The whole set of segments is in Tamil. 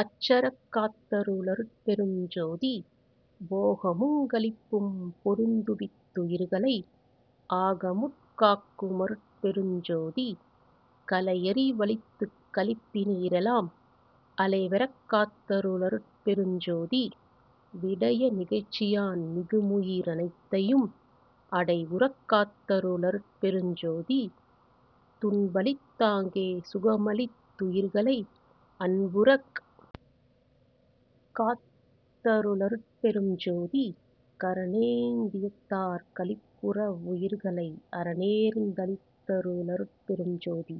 அச்சறக் காத்தரு ளருட்பெருஞ் ஜோதி போகமுங் களிப்பும் பொருந்துவித் துயிர்களை ஆகமுட் காக்கு மருட்பெருஞ் ஜோதி கலையறி வளித்துக் களிப்பினி யிரெலாம் அலைவறக் காத்தரு ளருட்பெருஞ் ஜோதி விடய நிகழ்ச்சியான் மிகுமுயி ரனைத்தையும் அடைவுறக் காத்தரு ளருட்பெருஞ் ஜோதி துன்பளித் தாங்கே சுகமளித் துயிர்களை அன்புறக் காத்தரு ளருட்பெருஞ் ஜோதி கரணேந் தியத்தாற் களிப்புற வுயிர்களை அரணேர்ந் தளித்தரு ளருட்பெருஞ் ஜோதி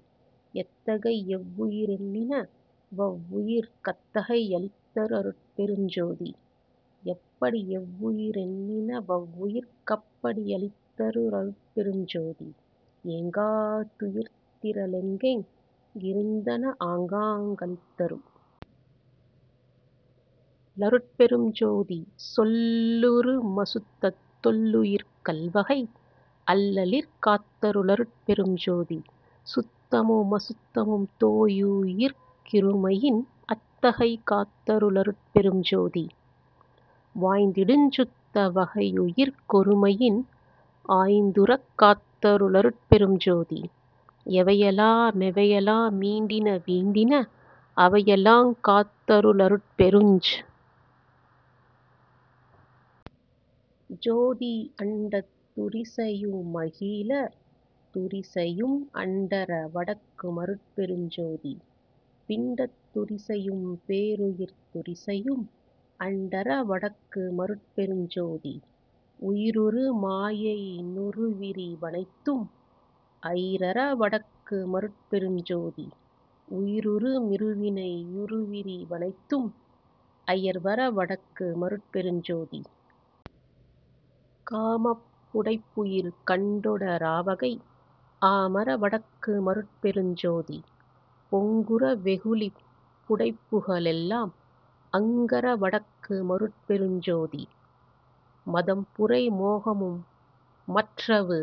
எத்தகை யெவ்வுயி ரெண்ணின வவ்வுயிர்க் கத்தகை யளித்தரு ளருட்பெருஞ் ஜோதி எப்படி யெவ்வுயி ரெண்ணின வவ்வுயிர்க் கப்படி யளித்தரு ளருட்பெருஞ் ஜோதி ஏங்கா துயிர்த்திர ளெங்கெங் கிருந்தன ஆங்காங் களித்தரு ளருட்பெருஞ் ஜோதி சொல்லுறு மசுத்தத் தொல்லுயிர்க் கவ்வகை அல்லலிற் காத்தரு ளருட்பெருஞ் ஜோதி சுத்தமு மசுத்தமுந் தோயுயிர்க் கிருமையின் அத்தகை காத்தரு ளருட்பெருஞ் ஜோதி வாய்ந்திடுஞ் சுத்த வகையுயிர்க் கொருமையின் ஆய்ந்துறக் காத்தரு ளருட்பெருஞ் ஜோதி எவையெலா மெவையெலா மீண்டின வீண்டின அவையெலாங் காத்தரு ளருட்பெருஞ் ஜோதி அண்டத் துரிசையு மகிலத் துரிசையும் அண்டற வடக்கு மருட்பெருஞ் ஜோதி பிண்டத் துரிசையும் பேருயிர்த் துரிசையும் அண்டற வடக்கு மருட்பெருஞ் ஜோதி உயிருறு மாயையி னுறுவிரி வனைத்தும் அயிரற வடக்கு மருட்பெருஞ் ஜோதி உயிருறு மிருவினை யுறுவிரி வனைத்தும் அயர்வற வடக்கு மருட்பெருஞ் ஜோதி காமப் புடைப்புயிர் கண்டொட ராவகை ஆமற வடக்கு மருட்பெருஞ் ஜோதி பொங்குற வெகுளிப் புடைப்புக ளெல்லாம் அங்கற வடக்கு மருட்பெருஞ் ஜோதி மதம்புரை மோகமு மற்றவு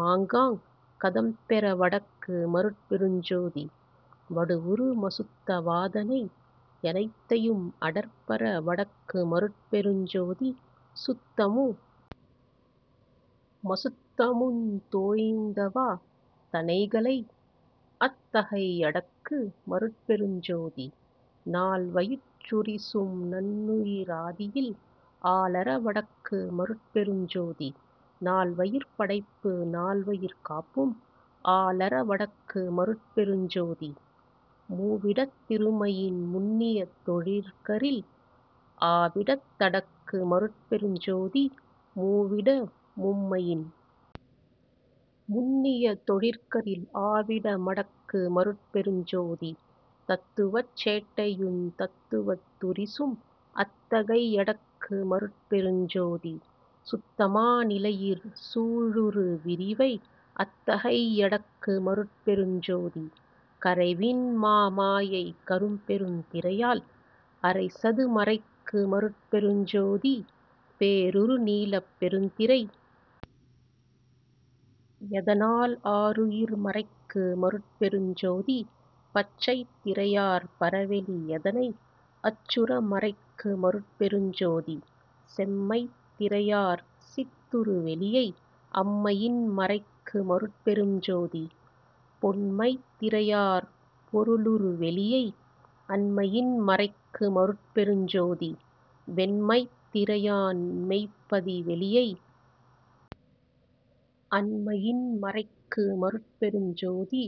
மாங்காங் கதம்பெற வடக்கு மருட்பெருஞ் ஜோதி வடுவுறு மசுத்த வாதனை யனைத்தையும் அடர்பற வடக்கு மருட்பெருஞ் ஜோதி சுத்தமு மசுத்தமுந் தோய்ந்தவா தனைகளை அத்தகை யடக்கு மருட்பெருஞ் ஜோதி நால்வயிற் றுரிசும் நண்ணுயி ராதியில் ஆலற வடக்கு மருட்பெருஞ் ஜோதி நால்வயிற் படைப்பு நால்வயிற் காப்பும் ஆலற வடக்கு மருட்பெருஞ் ஜோதி மூவிடத் திருமையின் முன்னிய தொழிற்கரில் ஆவிடத் தடக்கு மருட்பெருஞ் ஜோதி மூவிட மும்மையின் முன்னிய தொழிற்கரில் ஆவிட மடக்கு மருட்பெருஞ் ஜோதி தத்துவச் சேட்டையுந் தத்துவத் துரிசும் அத்தகை யடக்கு மருட்பெருஞ் ஜோதி சுத்தமா நிலையிற் சூழுறு விரிவை அத்தகை யடக்கு மருட்பெருஞ் ஜோதி கரைவின் மாமாயைக் கரும்பெருந் திரையால் அரைசது மறைக்கு மருட்பெருஞ் ஜோதி பேருறு நீலப் பெருந்திரை யதனால் ஆருயிர் மறைக்கு மருட்பெருஞ் ஜோதி பச்சைத் திரையாற் பரவெளி யதனை அச்சுற மறைக்கு மருட்பெருஞ் ஜோதி செம்மைத் திரையாற் சித்துறு வெளியை அம்மையின் மறைக்கு மருட்பெருஞ் ஜோதி பொன்மைத் திரையாற் பொருளுறு வெளியை அண்மையின் மறைக்கு மருட்பெருஞ் ஜோதி வெண்மைத் திரையான் மெய்ப்பதி வெளியை அண்மையின் மறைக்கு மருட்பெருஞ் ஜோதி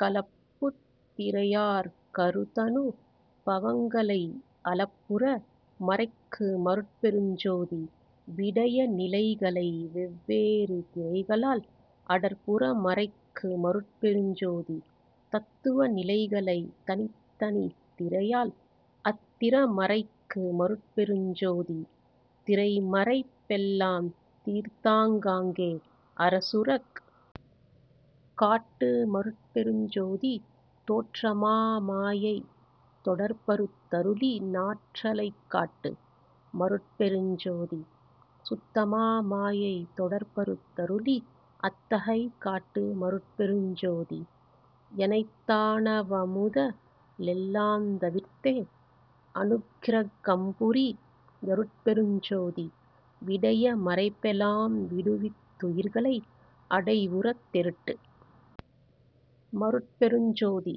கலப்புத் திறையாற் கருதனு பவங்களை அலப்புற மறைக்கு மருட்பெருஞ் ஜோதி விடய நிலைகளை வெவ்வேறு திரைகளால் அடர்புற மறைக்கு மருட்பெருஞ் ஜோதி தத்துவ நிலைகளைத் தனித்தனித் திரையால் அத்திற மறைக்கு மருட்பெருஞ் ஜோதி திரைமறைப் பெல்லாந் தீர்த்தாங் காங்கே அரசுறக் காட்டு மருட்பெருஞ் ஜோதி தோற்றமா மாயைத் தொடர்பறுத் தருளி னாற்றலைக் காட்டு மருட்பெருஞ் ஜோதி சுத்தமா மாயைத் தொடர்பறுத் தருளி அத்தகை காட்டு மருட்பெருஞ் ஜோதி எனைத்தா ணவமுத லெல்லாந் தவிர்த்தே அனுக்கிர கம்புரி யருட்பெருஞ் ஜோதி விடய மறைப்பெலாம் விடுவித் துயிர்களை அடைவுறத் தெருட்டு மருட்பெருஞ் ஜோதி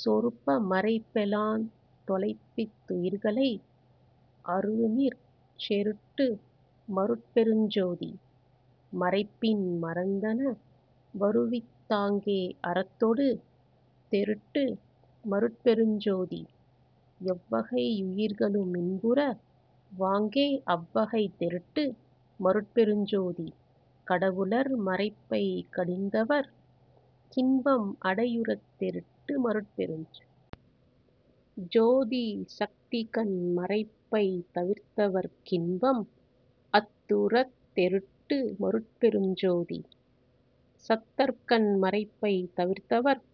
சொருப மறைப்பெலாந் தொலைப்பித் துயிர்களை அருளினிற் றெருட்டு மருட்பெருஞ் ஜோதி மறைப்பின் மறந்தன வருவித் தாங்கே அறத்தொடு தெருட்டு மருட்பெருஞ் ஜோதி எவ்வகை யுயிர்களு மின்புற வாங்கே அவ்வகை தெருட்டு மருட்பெருஞ் ஜோதி கடவுளர் மறைப்பைக் கடிந்தவர்க் கின்பம் அடையுறத் தெருட்டு மருட்பெருஞ் ஜோதி சத்திகண் மறைப்பைத் தவிர்த்தவர்க் கின்பம் அத்துறத் தெருட்டு மருட்பெருஞ் ஜோதி சத்தர்கண் மறைப்பைத் தவிர்த்தவர்க்